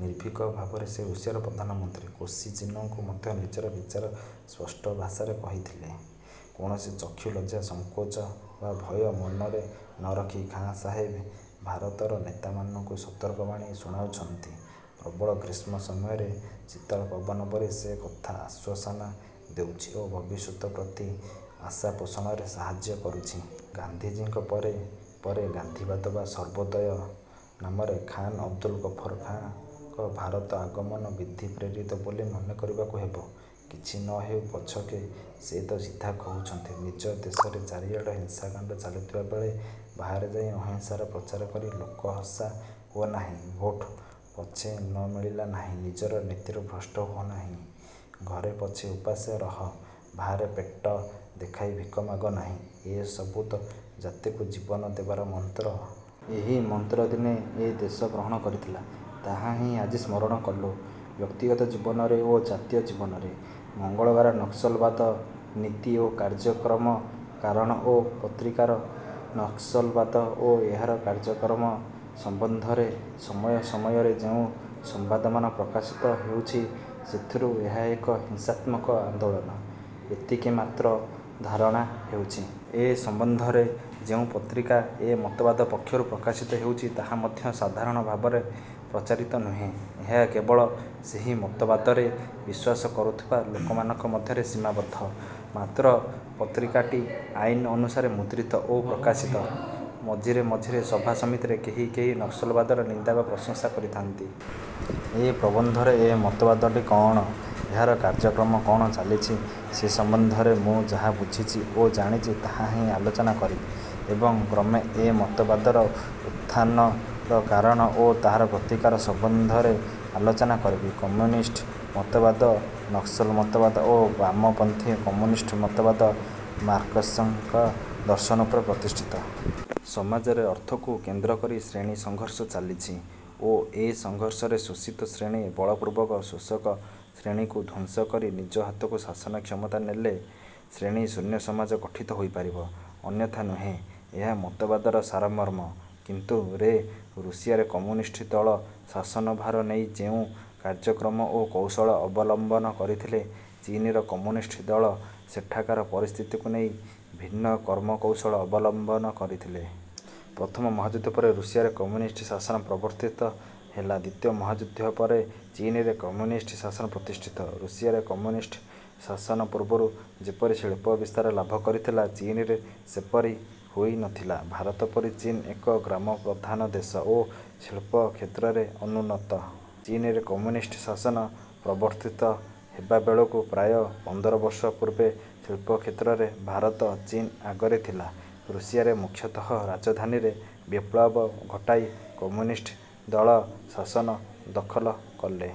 ନିର୍ଭୀକ ଭାବରେ ସେ ରୁଷିଆର ପ୍ରଧାନମନ୍ତ୍ରୀ। କୋସିଜିନଙ୍କୁ ମଧ୍ୟ ନିଜର ବିଚାର ସ୍ପଷ୍ଟ ଭାଷାରେ କହିଥିଲେ। କୌଣସି ଚକ୍ଷୁଲଜ୍ଜା, ସଙ୍କୋଚ ବା ଭୟ ମନରେ ନ ରଖି ଖାଁ ସାହେବ ଭାରତର ନେତାମାନଙ୍କୁ ସତର୍କ ବାଣୀ ଶୁଣାଉଛନ୍ତି। ପ୍ରବଳ ଗ୍ରୀଷ୍ମ ସମୟରେ ଶୀତଳ ପବନ ପରି ସେ କଥା ଆଶ୍ୱାସନା ଦେଉଛି ଓ ଭବିଷ୍ୟତ ପ୍ରତି ଆଶା ପୋଷଣରେ ସାହାଯ୍ୟ କରୁଛି। ଗାନ୍ଧିଜୀଙ୍କ ପରେ ପରେ ଗାନ୍ଧିବାଦ ବା ସର୍ବୋଦୟ ନାମରେ ଖାନ୍ ଅବଦୁଲ ଗଫର ଖାଁଙ୍କ ଭାରତ ଆଗମନ ବିଧି-ପ୍ରେରିତ ବୋଲି ମନେ କରିବାକୁ ହେବ। କିଛି ନ ହେଉ ପଛକେ ସେ ତ ସିଧା କହୁଛନ୍ତି ''ନିଜ ଦେଶରେ ଚାରିଆଡ଼େ ହିଂସାକାଣ୍ଡ ଚାଲିଥିବା ବେଳେ, ବାହାରେ ଯାଇ ଅହିଂସାର ପ୍ରଚାର କରି ଲୋକହସା ହୁଅନାହିଁ'', ''ଭୋଟ ପଛେ ନ ମିଳିଲା ନାହିଁ, ନିଜ ନୀତିରୁ ଭ୍ରଷ୍ଟ ହୁଅନାହିଁ'', ''ଘରେ ପଛେ ଉପାସେ ରହ, ବାହାରେ ପେଟ ଦେଖାଇ ଭିଖ ମାଗ ନାହିଁ'' ଏ ସବୁ ତ ଜାତିକୁ ଜୀବନ ଦେବାର ମନ୍ତ୍ର। ଏହି ମନ୍ତ୍ର ଦିନେ ଏ ଦେଶ ଗ୍ରହଣ କରିଥିଲା। ତାହାହିଁ ଆଜି ସ୍ମରଣ କଲୁଁ, ବ୍ୟକ୍ତିଗତ ଜୀବନରେ ଓ ଜାତୀୟ ଜୀବନରେ। ମଙ୍ଗଳବାର ନକ୍ସଲବାଦ-ନୀତି ଓ କାର୍ଯ୍ୟକ୍ରମ କାରଣ ଓ ପ୍ରତିକାର ନକ୍ସଲବାଦ ଓ ଏହାର କାର୍ଯ୍ୟକ୍ରମ ସମ୍ବନ୍ଧରେ ସମୟ ସମୟରେ ଯେଉଁ ସମ୍ବାଦମାନ ପ୍ରକାଶିତ ହେଉଛି ସେଥିରୁ ଏହା ଏକ ହିଂସାତ୍ମକ ଆନ୍ଦୋଳନ, ଏତିକିମାତ୍ର ଧାରଣା ହେଉଛି। ଏ ସମ୍ବନ୍ଧରେ ଯେଉଁ ପତ୍ରିକା ଏ ମତବାଦ ପକ୍ଷରୁ ପ୍ରକାଶିତ ହେଉଛି ତାହା ମଧ୍ୟ ସାଧାରଣ ଭାବରେ ପ୍ରଚାରିତ ନୁହେଁ। ଏହା କେବଳ ସେହି ମତବାଦରେ ବିଶ୍ୱାସ କରୁଥିବା ଲୋକମାନଙ୍କ ମଧ୍ୟରେ ସୀମାବଦ୍ଧ। ମାତ୍ର ପତ୍ରିକାଟି ଆଇନ ଅନୁସାରେ ମୁଦ୍ରିତ ଓ ପ୍ରକାଶିତ। ମଝିରେ ମଝିରେ ସଭା ସମିତିରେ କେହି କେହି ନକ୍ସଲବାଦର ନିନ୍ଦା ବା ପ୍ରଶଂସା କରିଥାନ୍ତି। ଏ ପ୍ରବନ୍ଧରେ ଏ ମତବାଦଟି କଅଣ, ଏହାର କାର୍ଯ୍ୟକ୍ରମ କଅଣ ଚାଲିଛି ସେ ସମ୍ବନ୍ଧରେ ମୁଁ ଯାହା ବୁଝିଛି ଓ ଜାଣିଛି ତାହାହିଁ ଆଲୋଚନା କରିବି ଏବଂ କ୍ରମେ ଏ ମତବାଦର ଉତ୍ଥାନର କାରଣ ଓ ତାହାର ପ୍ରତିକାର ସମ୍ବନ୍ଧରେ ଆଲୋଚନା କରିବି। କମ୍ୟୁନିଷ୍ଟ ମତବାଦ, ନକ୍ସଲ ମତବାଦ ଓ ବାମପନ୍ଥୀ କମ୍ୟୁନିଷ୍ଟ ମତବାଦ ମାର୍କସ୍ଙ୍କ ଦର୍ଶନ ଉପରେ ପ୍ରତିଷ୍ଠିତ। ସମାଜରେ ଅର୍ଥକୁ କେନ୍ଦ୍ର କରି ଶ୍ରେଣୀ ସଂଘର୍ଷ ଚାଲିଛି ଓ ଏ ସଂଘର୍ଷରେ ଶୋଷିତ ଶ୍ରେଣୀ ବଳପୂର୍ବକ ଶୋଷକ ଶ୍ରେଣୀକୁ ଧ୍ୱଂସ କରି ନିଜ ହାତକୁ ଶାସନକ୍ଷମତା ନେଲେ, ଶ୍ରେଣୀଶୂନ୍ୟସମାଜ ଗଠିତ ହୋଇପାରିବ, ଅନ୍ୟଥା ନୁହେଁ। ଏହା ମତବାଦର ସାରମର୍ମ। କିନ୍ତୁ ରେ ରୁଷିଆରେ କମ୍ୟୁନିଷ୍ଟ ଦଳ ଶାସନଭାର ନେଇ ଯେଉଁ କାର୍ଯ୍ୟକ୍ରମ ଓ କୌଶଳ ଅବଲମ୍ବନ କରିଥିଲେ, ଚୀନର କମ୍ୟୁନିଷ୍ଟ ଦଳ ସେଠାକାର ପରିସ୍ଥିତିକୁ ନେଇ ଭିନ୍ନ କର୍ମକୌଶଳ ଅବଲମ୍ବନ କରିଥିଲେ। ପ୍ରଥମ ମହାଯୁଦ୍ଧ ପରେ ରୁଷିଆରେ କମ୍ୟୁନିଷ୍ଟ ଶାସନ ପ୍ରବର୍ତ୍ତିତ ହେଲା। ଦ୍ୱିତୀୟ ମହାଯୁଦ୍ଧ ପରେ ଚୀନରେ କମ୍ୟୁନିଷ୍ଟ ଶାସନ ପ୍ରତିଷ୍ଠିତ। ରୁଷିଆରେ କମ୍ୟୁନିଷ୍ଟ ଶାସନ ପୂର୍ବରୁ ଯେପରି ଶିଳ୍ପ ବିସ୍ତାର ଲାଭ କରିଥିଲା; ଚୀନରେ ସେପରି ହୋଇ ନଥିଲା। ଭାରତ ପରି ଚୀନ ଏକ ଗ୍ରାମ ପ୍ରଧାନ ଦେଶ ଓ ଶିଳ୍ପ କ୍ଷେତ୍ରରେ ଅନୁନ୍ନତ। ଚୀନରେ କମ୍ୟୁନିଷ୍ଟ ଶାସନ ପ୍ରବର୍ତ୍ତିତ ହେବାବେଳକୁ ପ୍ରାୟ ପନ୍ଦରବର୍ଷ ପୂର୍ବେ ଶିଳ୍ପକ୍ଷେତ୍ରରେ ଭାରତ ଚୀନ ଆଗରେ ଥିଲା। ରୁଷିଆରେ ମୁଖ୍ୟତଃ ରାଜଧାନୀରେ ବିପ୍ଳବ ଘଟାଇ କମ୍ୟୁନିଷ୍ଟ ଦଳ ଶାସନ ଦଖଲ କଲେ।